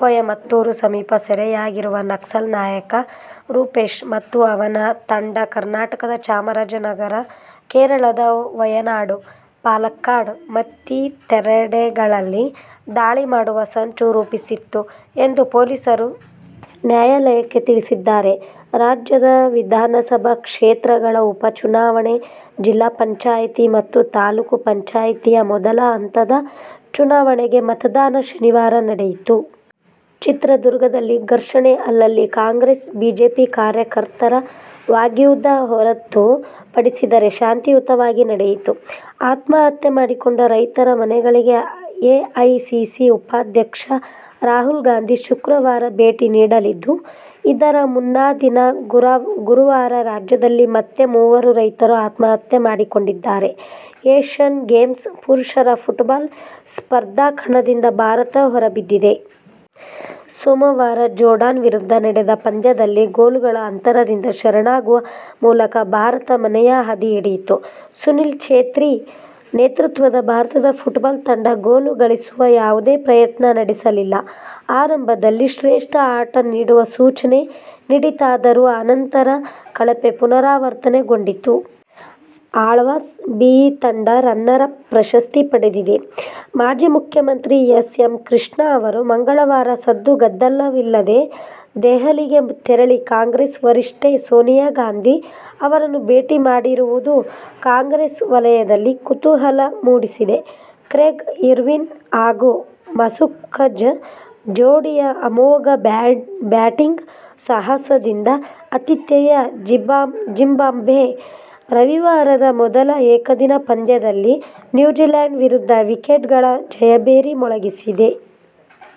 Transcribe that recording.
ಕೊಯಮತ್ತೂರು ಸಮೀಪ ಸೆರೆಯಾಗಿರುವ ನಕ್ಸಲ್ ನಾಯಕ ರೂಪೇಶ್ ಮತ್ತು ಅವನ ತಂಡ ಕರ್ನಾಟಕದ ಚಾಮರಾಜನಗರ, ಕೇರಳದ ವಯನಾಡು, ಪಾಲಕ್ಕಾಡ್ ಮತ್ತಿತರೆಡೆಗಳಲ್ಲಿ ದಾಳಿ ಮಾಡುವ ಸಂಚು ರೂಪಿಸಿತ್ತು ಎಂದು ಪೊಲೀಸರು ನ್ಯಾಯಾಲಯಕ್ಕೆ ತಿಳಿಸಿದ್ದಾರೆ. ರಾಜ್ಯದ ವಿಧಾನಸಭಾ ಕ್ಷೇತ್ರಗಳ ಉಪ ಚುನಾವಣೆ, ಜಿಲ್ಲಾಪಂಚಾಯತಿ ಮತ್ತು ತಾಲೂಕು ಪಂಚಾಯತಿಯ ಮೊದಲ ಹಂತದ ಚುನಾವಣೆಗೆ ಮತದಾನ ಶನಿವಾರ ನಡೆಯಿತು. ಚಿತ್ರದುರ್ಗದಲ್ಲಿ ಘರ್ಷಣೆ, ಅಲ್ಲಲ್ಲಿ ಕಾಂಗ್ರೆಸ್ -ಬಿಜೆಪಿ ಕಾರ್ಯಕರ್ತರ ವಾಗ್ಯುದ್ಧ ಹೊರತು ಪಡಿಸಿದರೆ ಶಾಂತಿಯುತವಾಗಿ ನಡೆಯಿತು. ಆತ್ಮಹತ್ಯೆ ಮಾಡಿಕೊಂಡ ರೈತರ ಮನೆಗಳಿಗೆ ಎಐಸಿಸಿ ಉಪಾಧ್ಯಕ್ಷರಾಹುಲ್ ಗಾಂಧಿ ಶುಕ್ರವಾರ ಭೇಟಿ ನೀಡಲಿದ್ದು, ಇದರ ಮುನ್ನಾದಿನ ಗುರುವಾರ ರಾಜ್ಯದಲ್ಲಿ ಮತ್ತೆ ಮೂವರು ರೈತರು ಆತ್ಮಹತ್ಯೆ ಮಾಡಿಕೊಂಡಿದ್ದಾರೆ. ಏಶ್ಯನ್ ಗೇಮ್ಸ್ ಪುರುಷರ ಫುಟ್ಬಾಲ್ ಸ್ಪರ್ಧಾ ಕಣದಿಂದ ಭಾರತ ಹೊರಬಿದ್ದಿದೆ. ಸೋಮವಾರ ಜೋರ್ಡಾನ್ ವಿರುದ್ಧ ನಡೆದ ಪಂದ್ಯದಲ್ಲಿ ಗೋಲುಗಳ ಅಂತರದಿಂದ ಶರಣಾಗುವ ಮೂಲಕ ಭಾರತ ಮನೆಯ ಹಾದಿ ಹಿಡಿಯಿತು. ಸುನೀಲ್ ಚೇತ್ರಿ ನೇತೃತ್ವದ ಭಾರತದ ಫುಟ್ಬಾಲ್ ತಂಡ ಗೋಲು ಗಳಿಸುವ ಯಾವುದೇ ಪ್ರಯತ್ನ ನಡೆಸಲಿಲ್ಲ. ಆರಂಭದಲ್ಲಿ ಶ್ರೇಷ್ಠ ಆಟ ನೀಡುವ ಸೂಚನೆ ನೀಡಿತಾದರೂ ಅನಂತರ ಕಳಪೆ ಪುನರಾವರ್ತನೆಗೊಂಡಿತು. ಆಳ್ವಾಸ್ "ಬಿ' ತಂಡ ರನ್ನರ್ ಅಪ್ ಪ್ರಶಸ್ತಿ ಪಡೆದಿದೆ. ಮಾಜಿ ಮುಖ್ಯಮಂತ್ರಿ ಎಸ್. ಎಂ. ಕೃಷ್ಣ ಅವರು ಮಂಗಳವಾರ ಸದ್ದುಗದ್ದಲವಿಲ್ಲದೆ ದೆಹಲಿಗೆ ತೆರಳಿ ಕಾಂಗ್ರೆಸ್ ವರಿಷ್ಠೆ ಸೋನಿಯಾ ಗಾಂಧಿ ಅವರನ್ನು ಭೇಟಿ ಮಾಡಿರುವುದು ಕಾಂಗ್ರೆಸ್ ವಲಯದಲ್ಲಿ ಕುತೂಹಲ ಮೂಡಿಸಿದೆ. ಕ್ರೆಗ್ ಇರ್ವಿನ್ ಹಾಗೂ ಮಸಕಝ ಜೋಡಿಯ ಅಮೋಘ ಬ್ಯಾಟಿಂಗ್ ಸಾಹಸದಿಂದ ಆತಿಥೇಯ ಜಿಂಬಾಬ್ವೆ ರವಿವಾರದ ಮೊದಲ ಏಕದಿನ ಪಂದ್ಯದಲ್ಲಿ ನ್ಯೂಜಿಲ್ಯಾಂಡ್ ವಿರುದ್ಧ ವಿಕೆಟ್ಗಳ ಜಯಭೇರಿ ಮೊಳಗಿಸಿದೆ.